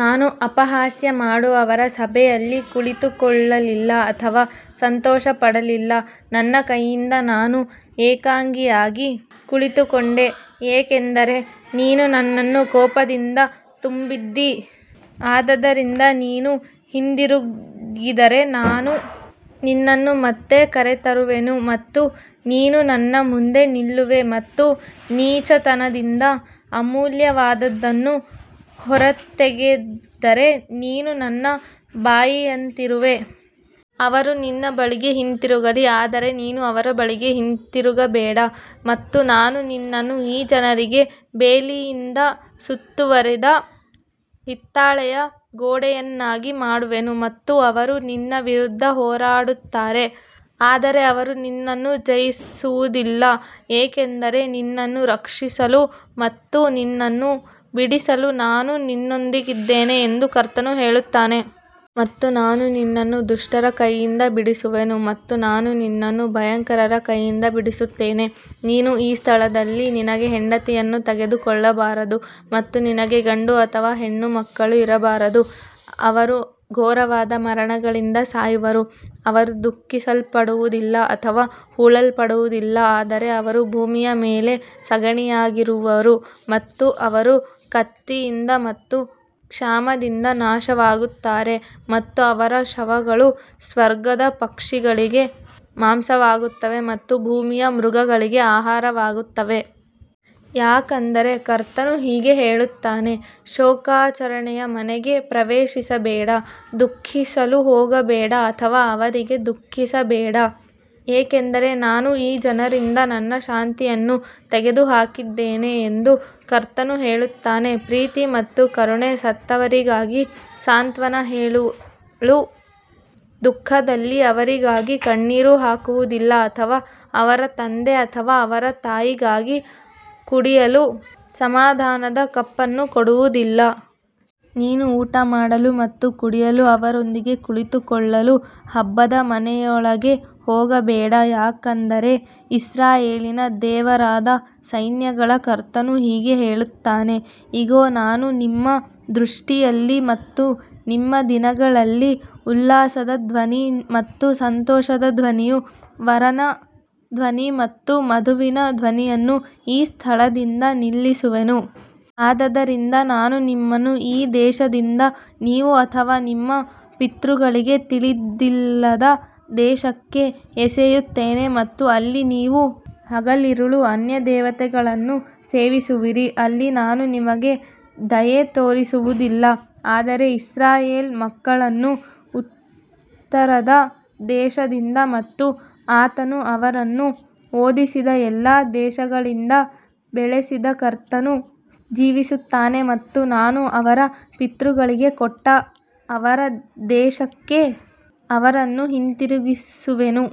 ನಾನು ಅಪಹಾಸ್ಯ ಮಾಡುವವರ ಸಭೆಯಲ್ಲಿ ಕುಳಿತುಕೊಳ್ಳಲಿಲ್ಲ ಅಥವಾ ಸಂತೋಷಪಡಲಿಲ್ಲ ನಿನ್ನ ಕೈಯಿಂದ ನಾನು ಏಕಾಂಗಿಯಾಗಿ ಕುಳಿತುಕೊಂಡೆ ಏಕೆಂದರೆ ನೀನು ನನ್ನನ್ನು ಕೋಪದಿಂದ ತುಂಬಿದ್ದೀ. ಆದದರಿಂದ ನೀನು ಹಿಂದಿರುಗಿದರೆ ನಾನು ನಿನ್ನನ್ನು ಮತ್ತೆ ಕರೆತರುವೆನು ಮತ್ತು ನೀನು ನನ್ನ ಮುಂದೆ ನಿಲ್ಲುವೆ ಮತ್ತು ನೀಚತನದಿಂದ ಅಮೂಲ್ಯವಾದದ್ದನ್ನು ಹೊರತೆಗೆದರೆ ನೀನು ನನ್ನ ಬಾಯಿಯಂತಿರುವೆ. ಅವರು ನಿನ್ನ ಬಳಿಗೆ ಹಿಂತಿರುಗಲಿ ಆದರೆ ನೀನು ಅವರ ಬಳಿಗೆ ಹಿಂತಿರುಗಬೇಡ. ಮತ್ತು ನಾನು ನಿನ್ನನ್ನು ಈ ಜನರಿಗೆ ಬೇಲಿಯಿಂದ ಸುತ್ತುವರಿದ ಹಿತ್ತಾಳೆಯ ಗೋಡೆಯನ್ನಾಗಿ ಮಾಡುವೆನು ಮತ್ತು ಅವರು ನಿನ್ನ ವಿರುದ್ಧ ಹೋರಾಡುತ್ತಾರೆ ಆದರೆ ಅವರು ನಿನ್ನನ್ನು ಜಯಿಸುವುದಿಲ್ಲ ಏಕೆಂದರೆ ನಿನ್ನನ್ನು ರಕ್ಷಿಸಲು ಮತ್ತು ನಿನ್ನನ್ನು ಬಿಡಿಸಲು ನಾನು ನಿನ್ನೊಂದಿಗಿದ್ದೇನೆ ಎಂದು ಕರ್ತನು ಹೇಳುತ್ತಾನೆ. ಮತ್ತು ನಾನು ನಿನ್ನನ್ನು ದುಷ್ಟರ ಕೈಯಿಂದ ಬಿಡಿಸುವೆನು ಮತ್ತು ನಾನು ನಿನ್ನನ್ನು ಭಯಂಕರರ ಕೈಯಿಂದ ಬಿಡಿಸುತ್ತೇನೆ. ನೀನು ಈ ಸ್ಥಳದಲ್ಲಿ ನಿನಗೆ ಹೆಂಡತಿಯನ್ನು ತೆಗೆದುಕೊಳ್ಳಬಾರದು ಮತ್ತು ನಿನಗೆ ಗಂಡು ಅಥವಾ ಹೆಣ್ಣು ಮಕ್ಕಳು ಇರಬಾರದು. ಅವರು ಘೋರವಾದ ಮರಣಗಳಿಂದ ಸಾಯುವರು ಅವರು ದುಃಖಿಸಲ್ಪಡುವುದಿಲ್ಲ ಅಥವಾ ಹೂಳಲ್ಪಡುವುದಿಲ್ಲ ಆದರೆ ಅವರು ಭೂಮಿಯ ಮೇಲೆ ಸಗಣಿಯಾಗಿರುವರು ಮತ್ತು ಅವರು ಕತ್ತಿಯಿಂದ ಮತ್ತು ಕ್ಷಾಮದಿಂದ ನಾಶವಾಗುತ್ತಾರೆ ಮತ್ತು ಅವರ ಶವಗಳು ಸ್ವರ್ಗದ ಪಕ್ಷಿಗಳಿಗೆ ಮಾಂಸವಾಗುತ್ತವೆ ಮತ್ತು ಭೂಮಿಯ ಮೃಗಗಳಿಗೆ ಆಹಾರವಾಗುತ್ತವೆ. ಯಾಕಂದರೆ ಕರ್ತನು ಹೀಗೆ ಹೇಳುತ್ತಾನೆ ಶೋಕಾಚರಣೆಯ ಮನೆಗೆ ಪ್ರವೇಶಿಸಬೇಡ ದುಃಖಿಸಲು ಹೋಗಬೇಡ ಅಥವಾ ಅವರಿಗೆ ದುಃಖಿಸಬೇಡ ಏಕೆಂದರೆ ನಾನು ಈ ಜನರಿಂದ ನನ್ನ ಶಾಂತಿಯನ್ನು ತೆಗೆದುಹಾಕಿದ್ದೇನೆ ಎಂದು ಕರ್ತನು ಹೇಳುತ್ತಾನೆ ಪ್ರೀತಿ ಮತ್ತು ಕರುಣೆ ಸತ್ತವರಿಗಾಗಿ ಸಾಂತ್ವನ ಹೇಳಲು ದುಃಖದಲ್ಲಿ ಅವರಿಗಾಗಿ ಕಣ್ಣೀರು ಹಾಕುವುದಿಲ್ಲ ಅಥವಾ ಅವರ ತಂದೆ ಅಥವಾ ಅವರ ತಾಯಿಗಾಗಿ ಕುಡಿಯಲು ಸಮಾಧಾನದ ಕಪ್ ಅನ್ನು ಕೊಡುವುದಿಲ್ಲ. ನೀನು ಊಟಮಾಡಲು ಮತ್ತು ಕುಡಿಯಲು ಅವರೊಂದಿಗೆ ಕುಳಿತುಕೊಳ್ಳಲು ಹಬ್ಬದ ಮನೆಯೊಳಗೆ ಹೋಗಬೇಡ ಯಾಕಂದರೆ ಇಸ್ರಾಯೇಲಿನ ದೇವರಾದ ಸೈನ್ಯಗಳ ಕರ್ತನು ಹೀಗೆ ಹೇಳುತ್ತಾನೆ ಇಗೋ ನಾನು ನಿಮ್ಮ ದೃಷ್ಟಿಯಲ್ಲಿ ಮತ್ತು ನಿಮ್ಮ ದಿನಗಳಲ್ಲಿ ಉಲ್ಲಾಸದ ಧ್ವನಿ ಮತ್ತು ಸಂತೋಷದ ಧ್ವನಿಯು ವರನ ಧ್ವನಿ ಮತ್ತು ವಧುವಿನ ಧ್ವನಿಯನ್ನು ಈ ಸ್ಥಳದಿಂದ ನಿಲ್ಲಿಸುವೆನು. ಆದದರಿಂದ ನಾನು ನಿಮ್ಮನ್ನು ಈ ದೇಶದಿಂದ ನೀವು ಅಥವಾ ನಿಮ್ಮ ಪಿತೃಗಳಿಗೆ ತಿಳಿದಿಲ್ಲದ ದೇಶಕ್ಕೆ ಎಸೆಯುತ್ತೇನೆ ಮತ್ತು ಅಲ್ಲಿ ನೀವು ಹಗಲಿರುಳು ಅನ್ಯದೇವತೆಗಳನ್ನು ಸೇವಿಸುವಿರಿ ಅಲ್ಲಿ ನಾನು ನಿಮಗೆ ದಯೆ ತೋರಿಸುವುದಿಲ್ಲ. ಆದರೆ ಇಸ್ರಾಯೇಲ್ ಮಕ್ಕಳನ್ನು ಉತ್ತರದ ದೇಶದಿಂದ ಮತ್ತು ಆತನು ಅವರನ್ನು ಓಡಿಸಿದ ಎಲ್ಲಾ ದೇಶಗಳಿಂದ ಬೆಳೆಸಿದ ಕರ್ತನು ಜೀವಿಸುತ್ತಾನೆ ಮತ್ತು ನಾನು ಅವರ ಪಿತೃಗಳಿಗೆ ಕೊಟ್ಟ ಅವರ ದೇಶಕ್ಕೆ ಅವರನ್ನು ಹಿಂತಿರುಗಿಸುವೆನು.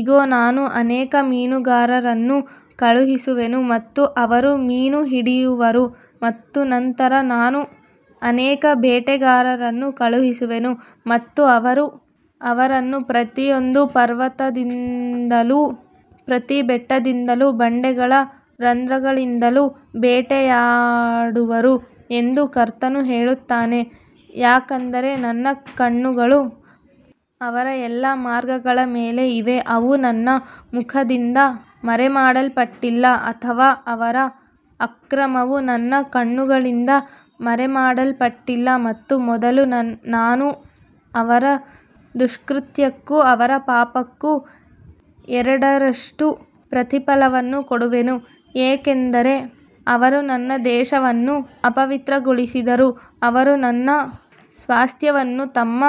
ಇಗೋ ನಾನು ಅನೇಕ ಮೀನುಗಾರರನ್ನು ಕಳುಹಿಸುವೆನು ಮತ್ತು ಅವರು ಮೀನು ಹಿಡಿಯುವರು ಮತ್ತು ನಂತರ ನಾನು ಅನೇಕ ಬೇಟೆಗಾರರನ್ನು ಕಳುಹಿಸುವೆನು ಮತ್ತು ಅವರು ಅವರನ್ನು ಪ್ರತಿಯೊಂದು ಪರ್ವತದಿಂದಲೂ ಪ್ರತಿ ಬೆಟ್ಟದಿಂದಲೂ ಬಂಡೆಗಳ ರಂಧ್ರಗಳಿಂದಲೂ ಬೇಟೆಯಾಡುವರು ಎಂದು ಕರ್ತನು ಹೇಳುತ್ತಾನೆ. ಯಾಕಂದರೆ ನನ್ನ ಕಣ್ಣುಗಳು ಅವರ ಎಲ್ಲಾ ಮಾರ್ಗಗಳ ಮೇಲೆ ಇವೆ ಅವು ನನ್ನ ಮುಖದಿಂದ ಮರೆಮಾಡಲ್ಪಟ್ಟಿಲ್ಲ ಅಥವಾ ಅವರ ಅಕ್ರಮವು ನನ್ನ ಕಣ್ಣುಗಳಿಂದ ಮರೆಮಾಡಲ್ಪಟ್ಟಿಲ್ಲ ಮತ್ತು ಮೊದಲು ನಾನು ಅವರ ದುಷ್ಕೃತ್ಯಕ್ಕೂ ಅವರ ಪಾಪಕ್ಕೂ ಎರಡರಷ್ಟು ಪ್ರತಿಫಲವನ್ನು ಕೊಡುವೆನು ಏಕೆಂದರೆ ಅವರು ನನ್ನ ದೇಶವನ್ನು ಅಪವಿತ್ರಗೊಳಿಸಿದರು ಅವರು ನನ್ನ ಸ್ವಾಸ್ತ್ಯವನ್ನು ತಮ್ಮ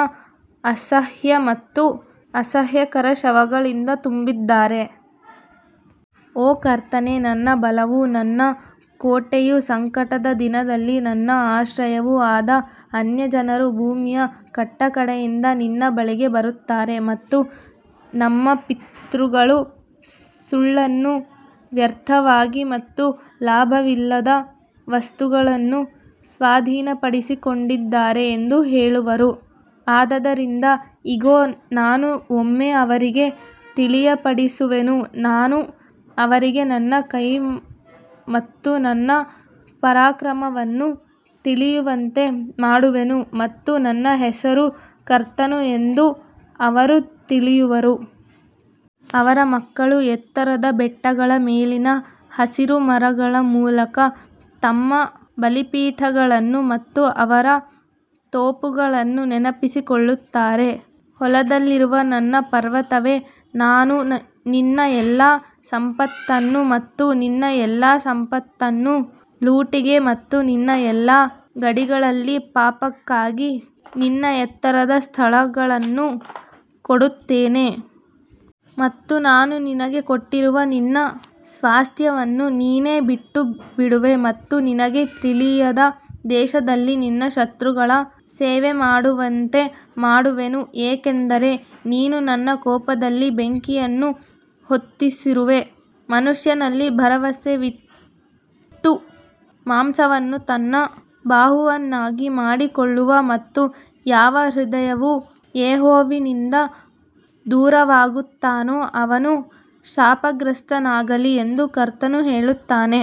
ಅಸಹ್ಯ ಮತ್ತು ಅಸಹ್ಯಕರ ಶವಗಳಿಂದ ತುಂಬಿದ್ದಾರೆ. ಓ ಕರ್ತನೇ ನನ್ನ ಬಲವೂ ನನ್ನ ಕೋಟೆಯೂ ಸಂಕಟದ ದಿನದಲ್ಲಿ ನನ್ನ ಆಶ್ರಯವೂ ಆದ ಅನ್ಯಜನರು ಭೂಮಿಯ ಕಟ್ಟಕಡೆಯಿಂದ ನಿನ್ನ ಬಳಿಗೆ ಬರುತ್ತಾರೆ ಮತ್ತು ನಮ್ಮ ಪಿತೃಗಳು ಸುಳ್ಳನ್ನು ವ್ಯರ್ಥವಾಗಿ ಮತ್ತು ಲಾಭವಿಲ್ಲದ ವಸ್ತುಗಳನ್ನು ಸ್ವಾಧೀನಪಡಿಸಿಕೊಂಡಿದ್ದಾರೆ ಎಂದು ಹೇಳುವರು. ಆದದರಿಂದ ಇಗೋ ನಾನು ಒಮ್ಮೆ ಅವರಿಗೆ ತಿಳಿಯಪಡಿಸುವೆನು ನಾನು ಅವರಿಗೆ ನನ್ನ ಕೈ ಮತ್ತು ನನ್ನ ಪರಾಕ್ರಮವನ್ನು ತಿಳಿಯುವಂತೆ ಮಾಡುವೆನು ಮತ್ತು ನನ್ನ ಹೆಸರು ಕರ್ತನು ಎಂದು ಅವರು ತಿಳಿಯುವರು. ಅವರ ಮಕ್ಕಳು ಎತ್ತರದ ಬೆಟ್ಟಗಳ ಮೇಲಿನ ಹಸಿರು ಮರಗಳ ಮೂಲಕ ತಮ್ಮ ಬಲಿಪೀಠಗಳನ್ನು ಮತ್ತು ಅವರ ತೋಪುಗಳನ್ನು ನೆನಪಿಸಿಕೊಳ್ಳುತ್ತಾರೆ. ಹೊಲದಲ್ಲಿರುವ ನನ್ನ ಪರ್ವತವೇ ನಾನು ನಿನ್ನ ಎಲ್ಲಾ ಸಂಪತ್ತನ್ನು ಮತ್ತು ನಿನ್ನ ಎಲ್ಲಾ ಸಂಪತ್ತನ್ನು ಲೂಟಿಗೆ ಮತ್ತು ನಿನ್ನ ಎಲ್ಲಾ ಗಡಿಗಳಲ್ಲಿ ಪಾಪಕ್ಕಾಗಿ ನಿನ್ನ ಎತ್ತರದ ಸ್ಥಳಗಳನ್ನು ಕೊಡುತ್ತೇನೆ. ಮತ್ತು ನಾನು ನಿನಗೆ ಕೊಟ್ಟಿರುವ ನಿನ್ನ ಸ್ವಾಸ್ತ್ಯವನ್ನು ನೀನೇ ಬಿಟ್ಟುಬಿಡುವೆ ಮತ್ತು ನಿನಗೆ ತಿಳಿಯದ ದೇಶದಲ್ಲಿ ನಿನ್ನ ಶತ್ರುಗಳ ಸೇವೆಮಾಡುವಂತೆ ಮಾಡುವೆನು ಏಕೆಂದರೆ ನೀನು ನನ್ನ ಕೋಪದಲ್ಲಿ ಬೆಂಕಿಯನ್ನು ಹೊತ್ತಿಸಿರುವೆ. ಮನುಷ್ಯನಲ್ಲಿ ಭರವಸವಿಟ್ಟು ಮಾಂಸವನ್ನು ತನ್ನ ಬಾಹುವನ್ನಾಗಿ ಮಾಡಿಕೊಳ್ಳುವ ಮತ್ತು ಯಾವ ಹೃದಯವು ಯೆಹೋವನಿಂದ ದೂರವಾಗುತ್ತಾನೋ ಅವನು ಶಾಪಗ್ರಸ್ತನಾಗಲಿ ಎಂದು ಕರ್ತನು ಹೇಳುತ್ತಾನೆ.